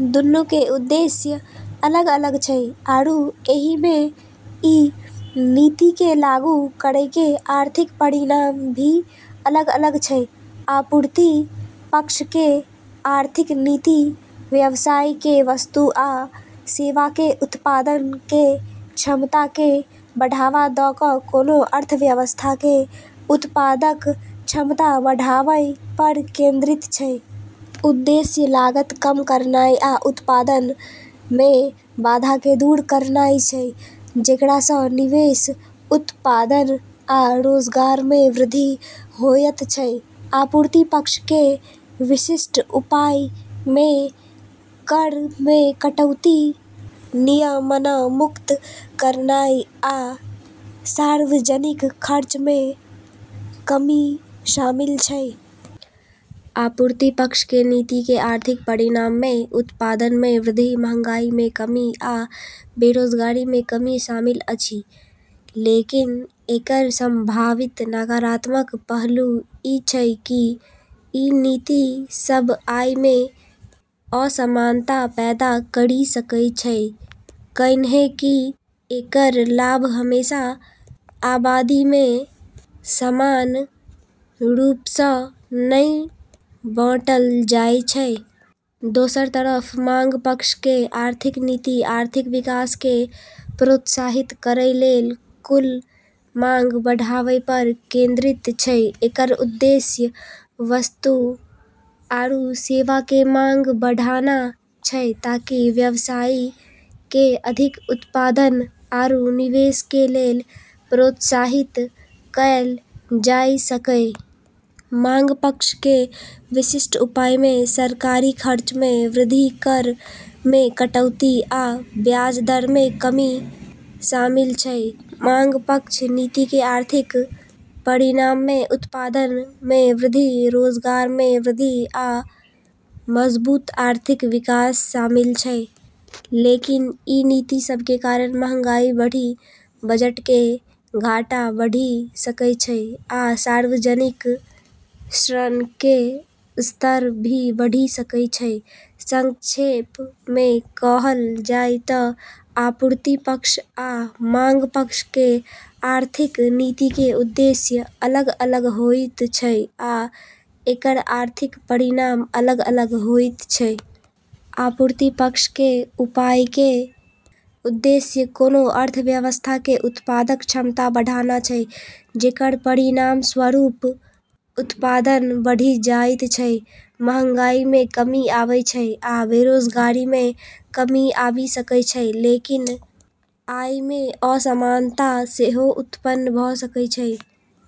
दूनू के उद्देश्य अलग-अलग छै, आरू एहि में ई नीति के लागू करै के आर्थिक परिणाम भी अलग-अलग छै। आपूर्ति पक्ष के आर्थिक नीति व्यवसाय के वस्तु आ सेवा के उत्पादन के क्षमता के बढ़ावा दऽ कऽ कोनो अर्थव्यवस्था के उत्पादक क्षमता बढ़ाबय पर केंद्रित छै। उद्देश्य लागत के कम करनाय आ उत्पादन में बाधा के दूर करनाय छै, जेकरा सँ निवेश, उत्पादन, आ रोजगार में वृद्धि होयत छै। आपूर्ति पक्ष के विशिष्ट उपाय में कर में कटौती, नियमनमुक्त करनाय, आ सार्वजनिक खर्च में कमी शामिल छै। आपूर्ति पक्ष के नीति के आर्थिक परिणाम में उत्पादन में वृद्धि, महंगाई में कमी, आ बेरोजगारी में कमी शामिल अछि। लेकिन एकर संभावित नकारात्मक पहलू ई छै कि ई नीति सब आय में असमानता पैदा करी सकै छै, कैन्हेंकि एकर लाभ हमेशा आबादी में समान रूप सँ नै बँटल जाय छै। दोसर तरफ मांग पक्ष के आर्थिक नीति आर्थिक विकास केँ प्रोत्साहित करै लेल कुल मांग बढ़ाबय पर केंद्रित छै। एकर उद्देश्य वस्तु आरू सेवा के मांग बढ़ाना छै ताकि व्यवसायी केँ अधिक उत्पादन आरू निवेश के लेल प्रोत्साहित कएल जाय सकै। मांग पक्ष के विशिष्ट उपाय में सरकारी खर्च में वृद्धि, कर में कटौती, आ ब्याज दर में कमी शामिल छै। मांग पक्ष नीति के आर्थिक परिणाम में उत्पादन में वृद्धि, रोजगार में वृद्धि, आ मजबूत आर्थिक विकास शामिल छै। लेकिन ई नीति सब के कारण महंगाई बढ़ी, बजट के घाटा बढ़ी सकै छै, आ सार्वजनिक ऋण के स्तर भी बढ़ी सकै छै। संक्षेप में कहल जाय तऽ आपूर्ति पक्ष आ मांग पक्ष के आर्थिक नीति के उद्देश्य अलग-अलग होइत छै आ एकर आर्थिक परिणाम अलग-अलग होइत छै। आपूर्ति पक्ष के उपाय के उद्देश्य कोनो अर्थव्यवस्था के उत्पादक क्षमता बढ़ाना छै, जेकर परिणामस्वरूप उत्पादन बढ़ी जाइत छै, महंगाई में कमी आबै छै, आ बेरोजगारी में कमी आबी सकै छै, लेकिन आय में असमानता सेहो उत्पन्न भ' सकै छै।